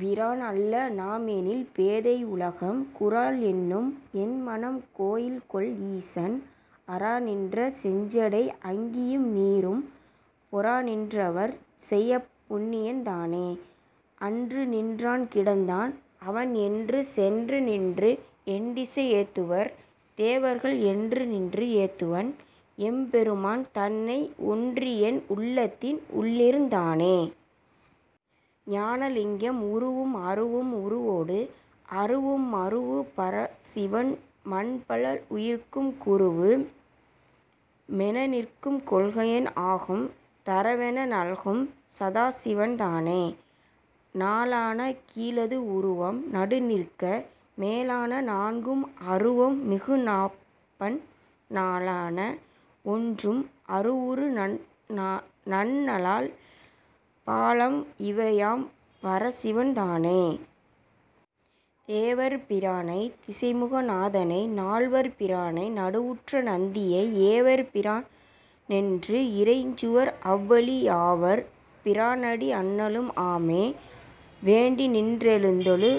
பிரான்அல்ல நாம்எனில் பேதை உலகம் குரால்என்னும் என்மனம் கோயில்கொள் ஈசன் அராநின்ற செஞ்சடை அங்கியும் நீரும் பொராநின் றவர்செய்அப் புண்ணியன் தானே. அன்று நின் றான்கிடந் தான்அவன் என்று சென்றுநின்று எண்டிசை ஏத்துவர் தேவர்கள் என்றுநின்று ஏத்துவன் எம்பெரு மான்தன்னை ஒன்றியென் உள்ளத்தின் உள்ளிருந் தானே.. ஞான லிங்கம் உருவும் அருவும் உருவோடு அருவும் மருவு பரசிவன் மன்பல் உயிர்க்கும் குருவு மெனநிற்கும் கொள்கையன் ஆகும் தருவென நல்கும் சதாசிவன் தானே. நாலான கீழது உருவம் நடுநிற்க மேலான நான்கும் அருவம் மிகுநாப்பண் நாலான ஒன்றும் அருவுரு நண்ணலால் பாலாம் இவையாம் பரசிவன் தானே. தேவர் பிரானைத் திசைமுக நாதனை நால்வர் பிரானை நடுவுற்ற நந்தியை ஏவர் பிரான்என்று இறைஞ்சுவர் அவ்வழி யாவர் பிரானடி அண்ணலும் ஆமே. வேண்டிநின் றேதொழு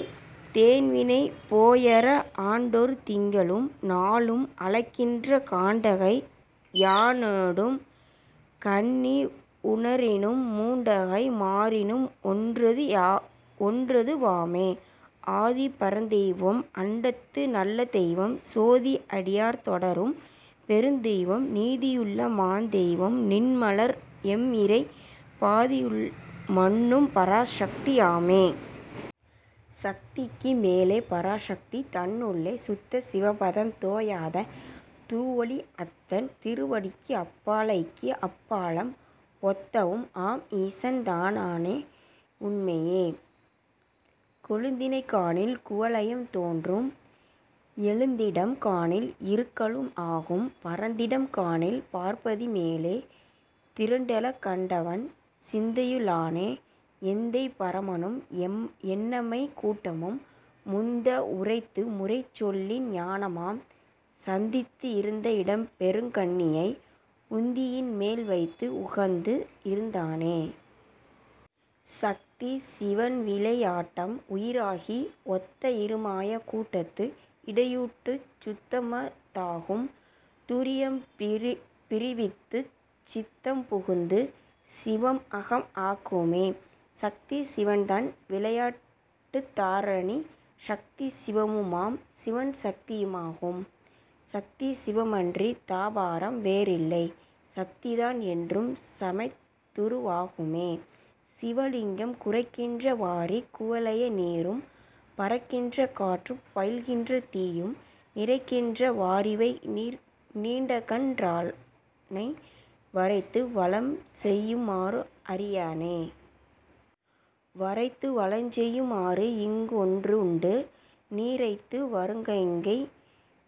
தேன்வினை போயற ஆண்டொரு திங்களும் நாளும் அளக்கின்ற காண்டகை யானொடும் கன்னி உணரினும் மூண்டகை மாறினும் ஒன்றது வாமே. ஆதி பரந்தெய்வம் அண்டத்து நல்லதெய்வம் சோதி அடியார் தொடரும் பெருந்தெய்வம் நீதியுள்ள மாதெய்வம் நின்மலர் எம்இறை பாதியுள் மன்னும் பராசத்தி யாமே. சத்திக்கு மேலே பராசத்தி தன்னுள்ளே சுத்த சிவபதம் தோயாத தூவொளி அத்தன் திருவடிக்கு அப்பாலைக்கு அப்பாலாம் ஒத்தவும் ஆம்ஈசன் தானான உண்மையே. கொழுந்தினைக் காணில் குவலயம் தோன்றும் எழுந்திடம் காணில் இருக்கலும் ஆகும் பரந்திடம் காணில் பார்ப்பதி மேலே திரண்டெழக் கண்டவன் சிந்தையு ளானே. எந்தை பரமனும் என்னம்மை கூட்டமும் முந்த உரைத்து முறைசொல்லின் ஞானமாம் சந்தித்து இருந்த இடம்பெருங் கண்ணியை உந்தியின் மேல்வைத்து உகந்து இருந்தானே. சத்தி சிவன்விளை யாட்டாம் உயிராகி ஒத்த இருமாயா கூட்டத்து இடையூட்டிச் சுத்தம தாகும் துரியம் பிறிவித்துச் சித்தம் புகுந்து சிவம்அகம் ஆக்குமே. சத்தி சிவன்தன் விளையாட்டுத் தாரணி சத்தி சிவமுமாம் சிவன்சத் தியுமாகும் சத்தி சிவமன்றித் தாபரம் வேறில்லை சத்திதான் என்றும் சமைந்துரு வாகுமே.. சிவலிங்கம் குரைக்கின்ற வாரிக் குவலய நீரும் பரக்கின்ற காற்றுப் பயில்கின்ற தீயும் நிரைக்கின்ற வாறிவை நீண்டகன் றானை வரைத்து வலம்செயு மாறுஅறி யேனே. வரைத்து வலஞ்செய்யு மாறுஇங்குஒன்று உண்டு நீரைத்து வருகங்கை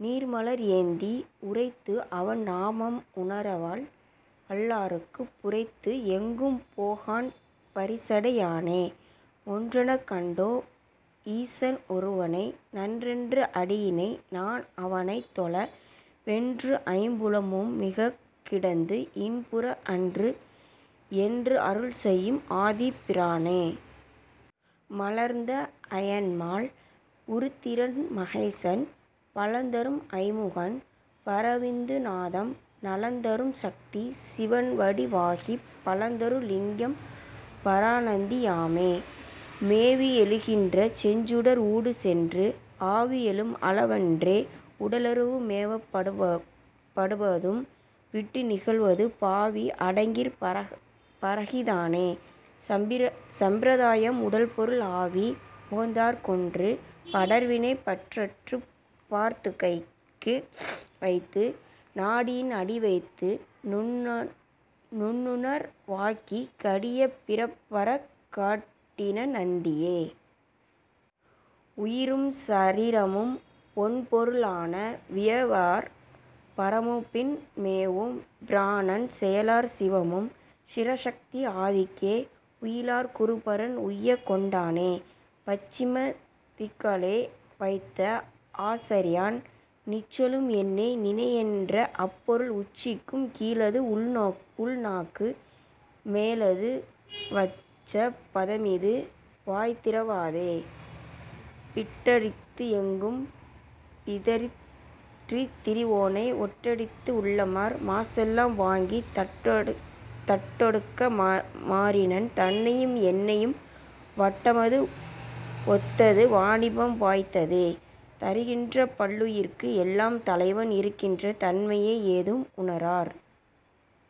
நீர்மலர் ஏந்தி உரைத்து அவன் நாமம் உணரவல் லார்க்குப் புரைத்துஎங்கும் போகான் பரிசடை யானே. ஒன்றெனக் கண்டோ ம் ஈசன் ஒருவனை நன்றென்று அடியிணை நான்அவனைத்தொழ வென்றுஐம் புலமும் மிகக்கிடந்து இன்புற அன்றுஎன்று அருள்செய்யும் ஆதிப் பிரானே. மலர்ந்த அயன்மால் உருத்திரன் மகேசன் பலந்தரும் ஐம்முகன் பரவிந்து நாதம் நலந்தரும் சத்தி சிவன்வடி வாகிப் பலந்தரு லிங்கம் பராநந்தி யாமே. மேவி எழுகின்ற செஞ்சுடர் ஊடுசென்று ஆவி எழும்அள வன்றே உடலுற மேவப் படுவதும் விட்டு நிகழ்வதும் பாவி அடக்கிற் பரகதி தானே.. சம்பிரதாயம் உடல்பொருள் ஆவி உகந்தாற் கொண்டு படர்வினை பற்றறப் பார்த்துக்கை வைத்து நாடியின் அடிவைத்து நுண்ணுணர் வாக்கி கடியப் பிறப்பறக் காட்டினன் நந்தியே. உயிரும் சரீரமும் ஒண்பொரு ளான வியவார் பரமும்பின் மேவும் பிராணன் செயலார் சிவமும் சிற்சத்தி ஆதிக்கே உயலார் குருபரன் உய்யக் கொண்டானே. பச்சிம திக்கலே வைத்தஆ சாரியன் நிச்சலும் என்னை நினையென்ற அப்பொருள் உச்சிக்கும் கீழது உள்நாக்கு மேலது வைச்ச பதமிது வாய்திற வாதே. பிட்டடித்து எங்கும் பிதற்றித் திரிவோனை ஒட்டடித்து உள்ளமர் மாசெலாம் வாங்கித் தட்டொக்க மாறினன் தன்னையும் என்னையும் வட்டமது ஒத்தது வாணிபம் வாய்த்ததே. தரிக்கின்ற பல்லுயிர்க்கு எல்லாம் தலைவன் இருக்கின்ற தன்மையை ஏதும் உணரார்